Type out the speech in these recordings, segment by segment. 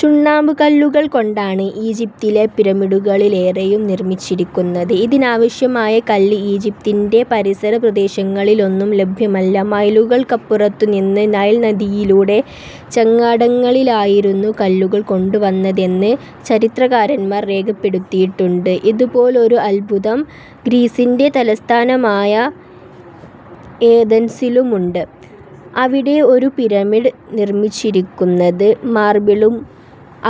ചുണ്ണാമ്പുകല്ലുകൾ കൊണ്ടാണ് ഈജിപ്തിലെ പിരമിഡുകളിലേറെയും നിർമിച്ചിരിക്കുന്നത്. ഇതിനാവശ്യമായ കല്ല് ഈജിപ്തിന്‍റെ പരിസര പ്രദേശങ്ങളിലൊന്നും ലഭ്യമല്ല. മൈലുകൾക്കപ്പുറത്തു നിന്ന് നൈൽ നദിയിലൂടെ ചങ്ങാടങ്ങളിലായിരുന്നു കല്ലുകൾ കൊണ്ടുവന്നതെന്ന് ചരിത്രകാരന്മാർ രേഖപ്പെടുത്തിയിട്ടുണ്ട്. ഇതുപോലൊരു അദ്ഭുതം ഗ്രീസിന്‍റെ തലസ്ഥാനമായ ഏതൻസിലുമുണ്ട്. അവിടെ ഒരു ' പിരമിഡ് ' നിർമിച്ചിരിക്കുന്നത് മാർബിളും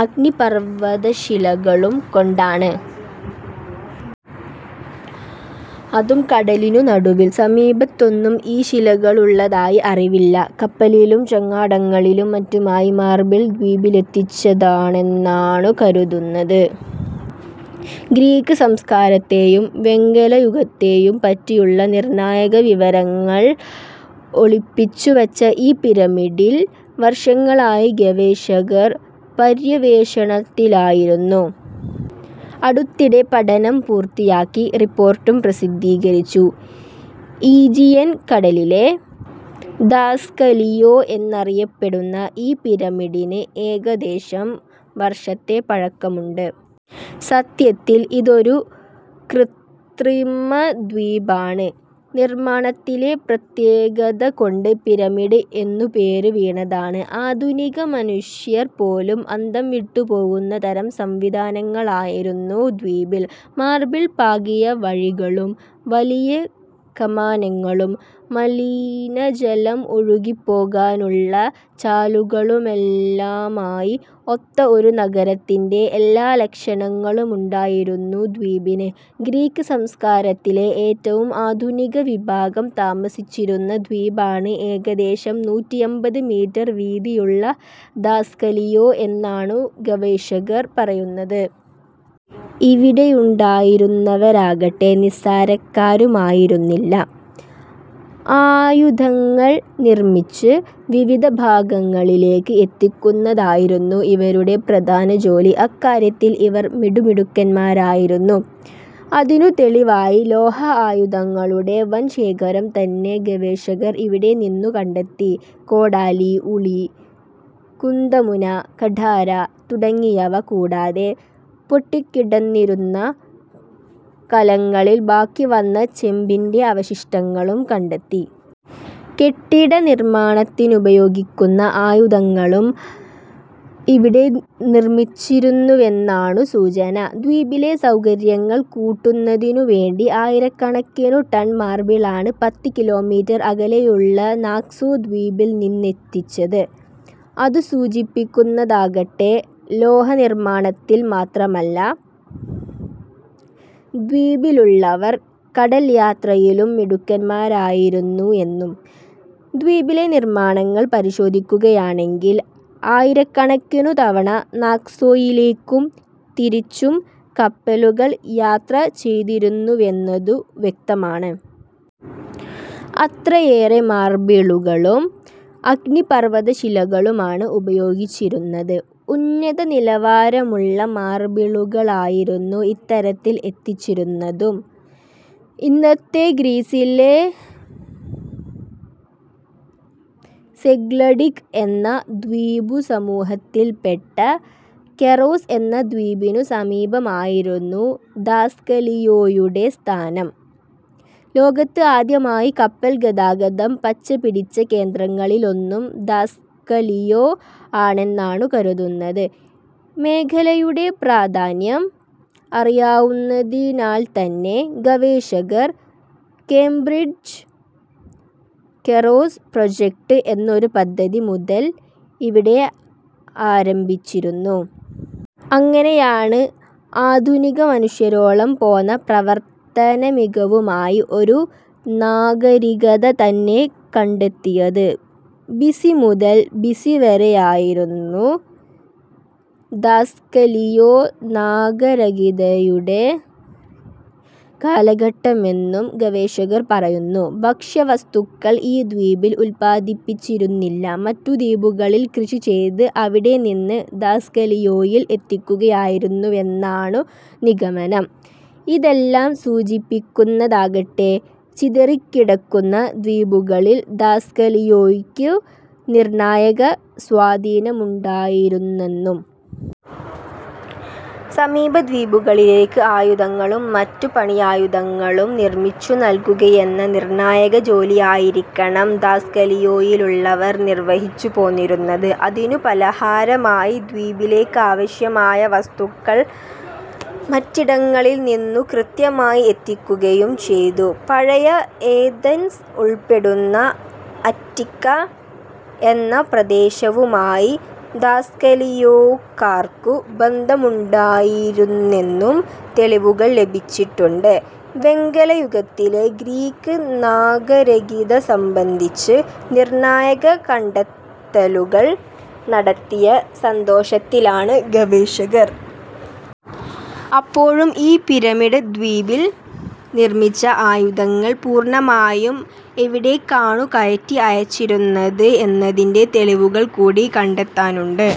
അഗ്നിപർവതശിലകളും കൊണ്ടാണ്. അതും കടലിനു നടുവിൽ. സമീപത്തൊന്നും ഈ ശിലകളുള്ളതായി അറിവില്ല. കപ്പലിലും ചങ്ങാടങ്ങളിലും മറ്റുമായി മാർബിൾ ദ്വീപിലെത്തിച്ചതാണെന്നാണു കരുതുന്നത്. ഗ്രീക്ക് സംസ്കാരത്തെയും വെങ്കലയുഗത്തെയും പറ്റിയുള്ള നിർണായക വിവരങ്ങൾ ഒളിപ്പിച്ചു വച്ച ഈ പിരമിഡിൽ വർഷങ്ങളായി ഗവേഷകർ പര്യവേഷണത്തിലായിരുന്നു. അടുത്തിടെ പഠനം പൂർത്തിയാക്കി റിപ്പോർട്ടും പ്രസിദ്ധീകരിച്ചു. ഈജിയൻ കടലിലെ ധാസ്കലിയോ എന്നറിയപ്പെടുന്ന ഈ പിരമിഡിന് ഏകദേശം വർഷത്തെ പഴക്കമുണ്ട്. സത്യത്തിൽ ഇതൊരു കൃത്രിമദ്വീപാണ്. നിർമാണത്തിലെ പ്രത്യേകത കൊണ്ട് പിരമിഡ് എന്നു പേരു വീണതാണ്. ആധുനിക മനുഷ്യർ പോലും അന്തംവിട്ടു പോകുന്ന തരം സംവിധാനങ്ങളായിരുന്നു ദ്വീപിൽ. മാർബിൾ പാകിയ വഴികളും വലിയ കമാനങ്ങളും മലിനജലം ഒഴുകിപ്പോകാനുള്ള ചാലുകളുമെല്ലാമായി ഒത്ത ഒരു നഗരത്തിന്‍റെ എല്ലാ ലക്ഷണങ്ങളുമുണ്ടായിരുന്നു ദ്വീപിന്. ഗ്രീക്ക് സംസ്കാരത്തിലെ ഏറ്റവും ആധുനികവിഭാഗം താമസിച്ചിരുന്ന ദ്വീപാണ് ഏകദേശം നൂറ്റിയമ്പത് മീറ്റർ വീതിയുള്ള ധാസ്കലിയോ എന്നാണു ഗവേഷകർ പറയുന്നത്. ഇവിടെയുണ്ടായിരുന്നവരാകട്ടെ നിസ്സാരക്കാരുമായിരുന്നില്ല. ആയുധങ്ങൾ നിർമിച്ച് വിവിധ ഭാഗങ്ങളിലേക്ക് എത്തിക്കുന്നതായിരുന്നു ഇവരുടെ പ്രധാന ജോലി. അക്കാര്യത്തിൽ ഇവർ മിടുക്കന്മാരുമായിരുന്നു. അതിനു തെളിവായി ലോഹ ആയുധങ്ങളുടെ വൻ ശേഖരം തന്നെ ഗവേഷകർ ഇവിടെ നിന്നു കണ്ടെത്തി. കോടാലി, ഉളി, കുന്തമുന, കഠാര തുടങ്ങിയവ കൂടാതെ പൊട്ടിക്കിടന്നിരുന്ന കലങ്ങളിൽ ബാക്കി വന്ന ചെമ്പിന്‍റെ അവശിഷ്ടങ്ങളും കണ്ടെത്തി. കെട്ടിട നിർമാണത്തിനുപയോഗിക്കുന്ന ആയുധങ്ങളും ഇവിടെ നിർമിച്ചിരുന്നുവെന്നാണു സൂചന. ദ്വീപിലെ സൗകര്യങ്ങൾ കൂട്ടുന്നതിനു വേണ്ടി ആയിരക്കണക്കിനു ടൺ മാർബിളാണ് പത്ത് കിലോമീറ്റർ അകലെയുള്ള നാക്സോ ദ്വീപിൽ നിന്നെത്തിച്ചത്. അതു സൂചിപ്പിക്കുന്നതാകട്ടെ, ലോഹനിർമാണത്തിൽ മാത്രമല്ല, ദ്വീപിലുള്ളവർ കടൽയാത്രയിലും മിടുക്കന്മാരായിരുന്നു എന്നും. ദ്വീപിലെ നിർമാണങ്ങൾ പരിശോധിക്കുകയാണെങ്കിൽ ആയിരക്കണക്കിനു തവണ നാക്സോയിലേക്കും തിരിച്ചും കപ്പലുകൾ യാത്ര ചെയ്തിരുന്നുവെന്നതു വ്യക്തമാണ്. അത്രയേറെ മാർബിളുകളും അഗ്നിപർവത ശിലകളുമാണ് ഉപയോഗിച്ചിരുന്നത്. ഉന്നത നിലവാരമുള്ള മാർബിളുകളായിരുന്നു ഇത്തരത്തിൽ എത്തിച്ചിരുന്നതും. ഇന്നത്തെ ഗ്രീസിലെ സെഗ്ലഡിക് എന്ന ദ്വീപുസമൂഹത്തിൽപ്പെട്ട കെറോസ് എന്ന ദ്വീപിനു സമീപമായിരുന്നു ധാസ്കലിയോയുടെ സ്ഥാനം. ലോകത്ത് ആദ്യമായി കപ്പൽ ഗതാഗതം പച്ചപിടിച്ച കേന്ദ്രങ്ങളിലൊന്നും ധാസ്കലിയോ ആണെന്നാണു കരുതുന്നത്. മേഖലയുടെ പ്രധാന്യം അറിയാവുന്നതിനാൽത്തന്നെ ഗവേഷകർ കേംബ്രിജ് കെറോസ് പ്രോജക്ട് എന്നൊരു പദ്ധതി മുതൽ ഇവിടെ ആരംഭിച്ചിരുന്നു. അങ്ങനെയാണ് ആധുനിക മനുഷ്യരോളം പോന്ന പ്രവർത്തനമികവുമായി ഒരു നാഗരികത തന്നെ കണ്ടെത്തിയത്. ബിസി മുതൽ ബിസി വരെയായിരുന്നു ധാസ്കലിയോ നാഗരികതയുടെ കാലഘട്ടമെന്നും ഗവേഷകർ പറയുന്നു. ഭക്ഷ്യവസ്തുക്കള്‍ ഈ ദ്വീപിൽ ഉൽപാദിപ്പിച്ചിരുന്നില്ല. മറ്റു ദ്വീപുകളില്‍ കൃഷി ചെയ്ത് അവിടെ നിന്ന് ധാസ്കലിയോയിൽ എത്തിക്കുകയായിരുന്നുവെന്നാണു നിഗമനം. ഇതെല്ലാം സൂചിപ്പിക്കുന്നതാകട്ടെ, ചിതറിക്കിടക്കുന്ന ദ്വീപുകളിൽ ധാസ്കലിയോയ്ക്കു നിർണായക സ്വാധീനമുണ്ടായിരുന്നെന്നും. സമീപദ്വീപുകളിലേക്ക് ആയുധങ്ങളും മറ്റു പണിയായുധങ്ങളും നിർമിച്ചു നൽകുകയെന്ന നിർണായക ജോലിയായിരിക്കണം ധാസ്കലിയോയിലുള്ളവർ നിർവഹിച്ചു പോന്നിരുന്നത്. അതിനു പലഹാരമായി ദ്വീപിലേക്കാവശ്യമായ വസ്തുക്കൾ മറ്റിടങ്ങളിൽ നിന്നു കൃത്യമായി എത്തിക്കുകയും ചെയ്തു. പഴയ ഏതൻസ് ഉൾപ്പെടുന്ന അറ്റിക്ക എന്ന പ്രദേശവുമായി ധാസ്കലിയോക്കാർക്കു ബന്ധമുണ്ടായിരുന്നെന്നും തെളിവുകൾ ലഭിച്ചിട്ടുണ്ട്. വെങ്കലയുഗത്തിലെ ഗ്രീക്ക് നാഗരികത സംബന്ധിച്ച് നിർണായക കണ്ടെത്തലുകൾ നടത്തിയ സന്തോഷത്തിലാണ് ഗവേഷകർ. അപ്പോഴും ഈ ' പിരമിഡ് ദ്വീപിൽ ' നിർമിച്ച ആയുധങ്ങൾ പൂർണമായും എവിടേക്കാണു കയറ്റി അയച്ചിരുന്നത് എന്നതിന്‍റെ തെളിവുകൾ കൂടി കണ്ടെത്താനുണ്ട്.